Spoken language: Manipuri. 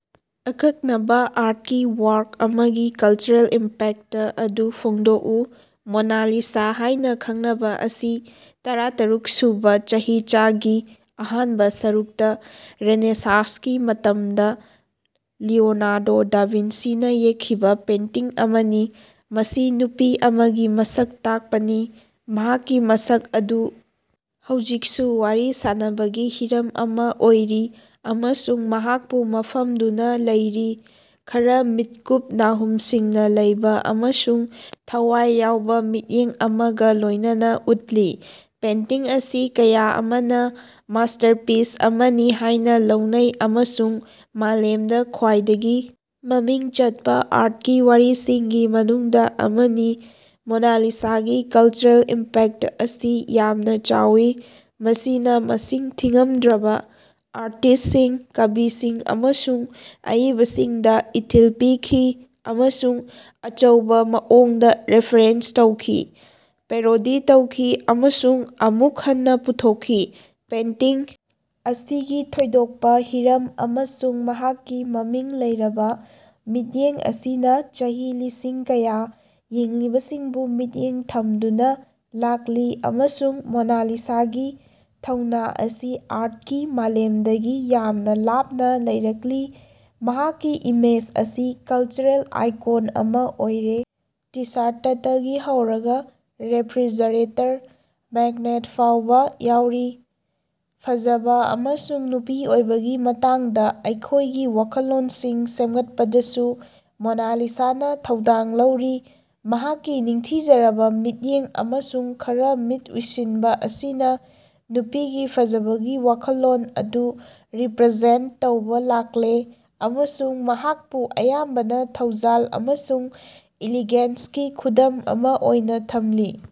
ꯑꯀꯛꯅꯕ ꯑꯥꯔꯠꯀꯤ ꯋꯥꯔꯛ ꯑꯃꯒꯤ ꯀꯂꯆꯔꯦꯜ ꯏꯝꯄꯦꯛꯇ ꯑꯗꯨ ꯐꯣꯡꯗꯣꯛꯎ꯫ ꯃꯣꯅꯥ ꯂꯤꯁꯥ ꯍꯥꯏꯅ ꯈꯪꯅꯕ ꯑꯁꯤ ꯇꯔꯥꯇꯔꯨꯛꯁꯨꯕ ꯆꯍꯤꯆꯥꯒꯤ ꯑꯍꯥꯟꯕ ꯁꯔꯨꯛꯇ ꯔꯦꯅꯦꯁꯥꯟꯁꯀꯤ ꯃꯇꯝꯗ ꯂꯤꯑꯣꯅꯥꯔꯗꯣ ꯗ ꯚꯤꯟꯁꯤꯅ ꯌꯦꯛꯈꯤꯕ ꯄꯦꯟꯇꯤꯡ ꯑꯃꯅꯤ꯫ ꯃꯁꯤ ꯅꯨꯄꯤ ꯑꯃꯒꯤ ꯃꯁꯛ ꯇꯥꯛꯄꯅꯤ, ꯃꯍꯥꯛꯀꯤ ꯃꯁꯛ ꯑꯗꯨ ꯍꯧꯖꯤꯛꯁꯨ ꯋꯥꯔꯤ ꯁꯥꯅꯕꯒꯤ ꯍꯤꯔꯝ ꯑꯃ ꯑꯣꯏꯔꯤ ꯑꯃꯁꯨꯡ ꯃꯍꯥꯛꯄꯨ ꯐꯝꯗꯨꯅ ꯂꯩꯔꯤ, ꯈꯔ ꯃꯤꯠꯀꯨꯞ ꯅꯥꯍꯨꯝ ꯁꯤꯡꯅ ꯂꯩꯕ ꯑꯃꯁꯨꯡ ꯊꯋꯥꯏ ꯌꯥꯎꯕ ꯃꯤꯠꯌꯦꯡ ꯑꯃꯒ ꯂꯣꯏꯅꯅ ꯎꯠꯂꯤ꯫ ꯄꯦꯟꯇꯤꯡ ꯑꯁꯤ ꯀꯌꯥ ꯑꯃꯅ ꯃꯥꯁꯇꯔꯄꯤꯁ ꯑꯃꯅꯤ ꯍꯥꯏꯅ ꯂꯧꯅꯩ ꯑꯃꯁꯨꯡ ꯃꯥꯂꯦꯝꯗ ꯈ꯭ꯋꯥꯏꯗꯒꯤ ꯃꯃꯤꯡ ꯆꯠꯄ ꯑꯥꯔꯠꯀꯤ ꯋꯥꯔꯤꯁꯤꯡꯒꯤ ꯃꯅꯨꯡꯗ ꯑꯃꯅꯤ꯫ ꯃꯣꯅꯥꯂꯤꯁꯥꯒꯤ ꯀꯜꯆꯔꯦꯜ ꯏꯝꯄꯦꯛꯇ ꯑꯁꯤ ꯌꯥꯝꯅ ꯆꯥꯎꯏ꯫ ꯃꯁꯤꯅ ꯃꯁꯤꯡ ꯊꯤꯉꯝꯗ꯭ꯔꯕ ꯑꯥꯔꯇꯤꯁ꯭ꯠꯁꯤꯡ, ꯀꯕꯤꯁꯤꯡ ꯑꯃꯁꯨꯡ ꯑꯏꯕꯁꯤꯡꯗ ꯏꯊꯤꯜ ꯄꯤꯈꯤ ꯑꯃꯁꯨꯡ ꯑꯆꯧꯕ ꯃꯑꯣꯡꯗ ꯔꯦꯐꯔꯦꯟꯁ ꯇꯧꯈꯤ, ꯄꯦꯔꯣꯗꯤ ꯇꯧꯈꯤ ꯑꯃꯁꯨꯡ ꯑꯃꯨꯛ ꯍꯟꯅ ꯄꯨꯊꯣꯛꯈꯤ꯫ ꯄꯦꯟꯇꯤꯡ ꯑꯁꯤꯒꯤ ꯊꯣꯏꯗꯣꯛꯄ ꯍꯤꯔꯝ ꯑꯃꯁꯨꯡ ꯃꯍꯥꯛꯀꯤ ꯃꯃꯤꯡ ꯂꯩꯔꯕ ꯃꯤꯠꯌꯦꯡ ꯑꯁꯤꯅ ꯆꯍꯤ ꯂꯤꯁꯤꯡ ꯀꯌꯥ ꯌꯦꯡꯂꯤꯕꯁꯤꯡꯕꯨ ꯃꯤꯠꯌꯦꯡ ꯊꯝꯗꯨꯅ ꯂꯥꯛꯂꯤ ꯑꯃꯁꯨꯡ ꯃꯣꯅꯥ ꯂꯤꯁꯥꯒꯤ ꯊꯧꯅꯥ ꯑꯁꯤ ꯑꯥꯔꯠꯀꯤ ꯃꯥꯂꯦꯝꯗꯒꯤ ꯌꯥꯝꯅ ꯂꯥꯞꯅ ꯂꯩꯔꯛꯂꯤ꯫ ꯃꯍꯥꯛꯀꯤ ꯏꯃꯦꯖ ꯑꯁꯤ ꯀꯜꯆꯔꯦꯜ ꯑꯥꯏꯀꯣꯟ ꯑꯃ ꯑꯣꯏꯔꯦ, ꯇꯤ-ꯁꯥꯔꯇꯇꯒꯤ ꯍꯧꯔꯒ ꯔꯦꯐ꯭ꯔꯤꯖꯔꯦꯇꯔ ꯃꯦꯒ꯭ꯅꯦꯠ ꯐꯥꯎꯕ ꯌꯥꯎꯔꯤ꯫ ꯐꯖꯕ ꯑꯃꯁꯨꯡ ꯅꯨꯄꯤ ꯑꯣꯏꯕꯒꯤ ꯃꯇꯥꯡꯗ ꯑꯩꯈꯣꯏꯒꯤ ꯋꯥꯈꯜꯂꯣꯟꯁꯤꯡ ꯁꯦꯝꯒꯠꯄꯗꯁꯨ ꯃꯣꯅꯥꯂꯤꯁꯥꯅ ꯊꯧꯗꯥꯡ ꯂꯧꯔꯤ꯫ ꯃꯍꯥꯛꯀꯤ ꯅꯤꯡꯊꯤꯖꯔꯕ ꯃꯤꯠꯌꯦꯡ ꯑꯃꯁꯨꯡ ꯈꯔ ꯃꯤꯠ ꯎꯏꯁꯤꯟꯕ ꯑꯁꯤꯅ ꯅꯨꯄꯤꯒꯤ ꯐꯖꯕꯒꯤ ꯋꯥꯈꯜꯂꯣꯟ ꯑꯗꯨ ꯔꯤꯄ꯭ꯔꯖꯦꯟꯇ ꯇꯧꯕ ꯂꯥꯛꯂꯦ ꯑꯃꯁꯨꯡ ꯃꯍꯥꯛꯄꯨ ꯑꯌꯥꯝꯕꯅ ꯊꯧꯖꯥꯜ ꯑꯃꯁꯨꯡ ꯏꯂꯤꯒꯦꯟꯁꯀꯤ ꯈꯨꯗꯝ ꯑꯃ ꯑꯣꯏꯅ ꯊꯝꯂꯤ꯫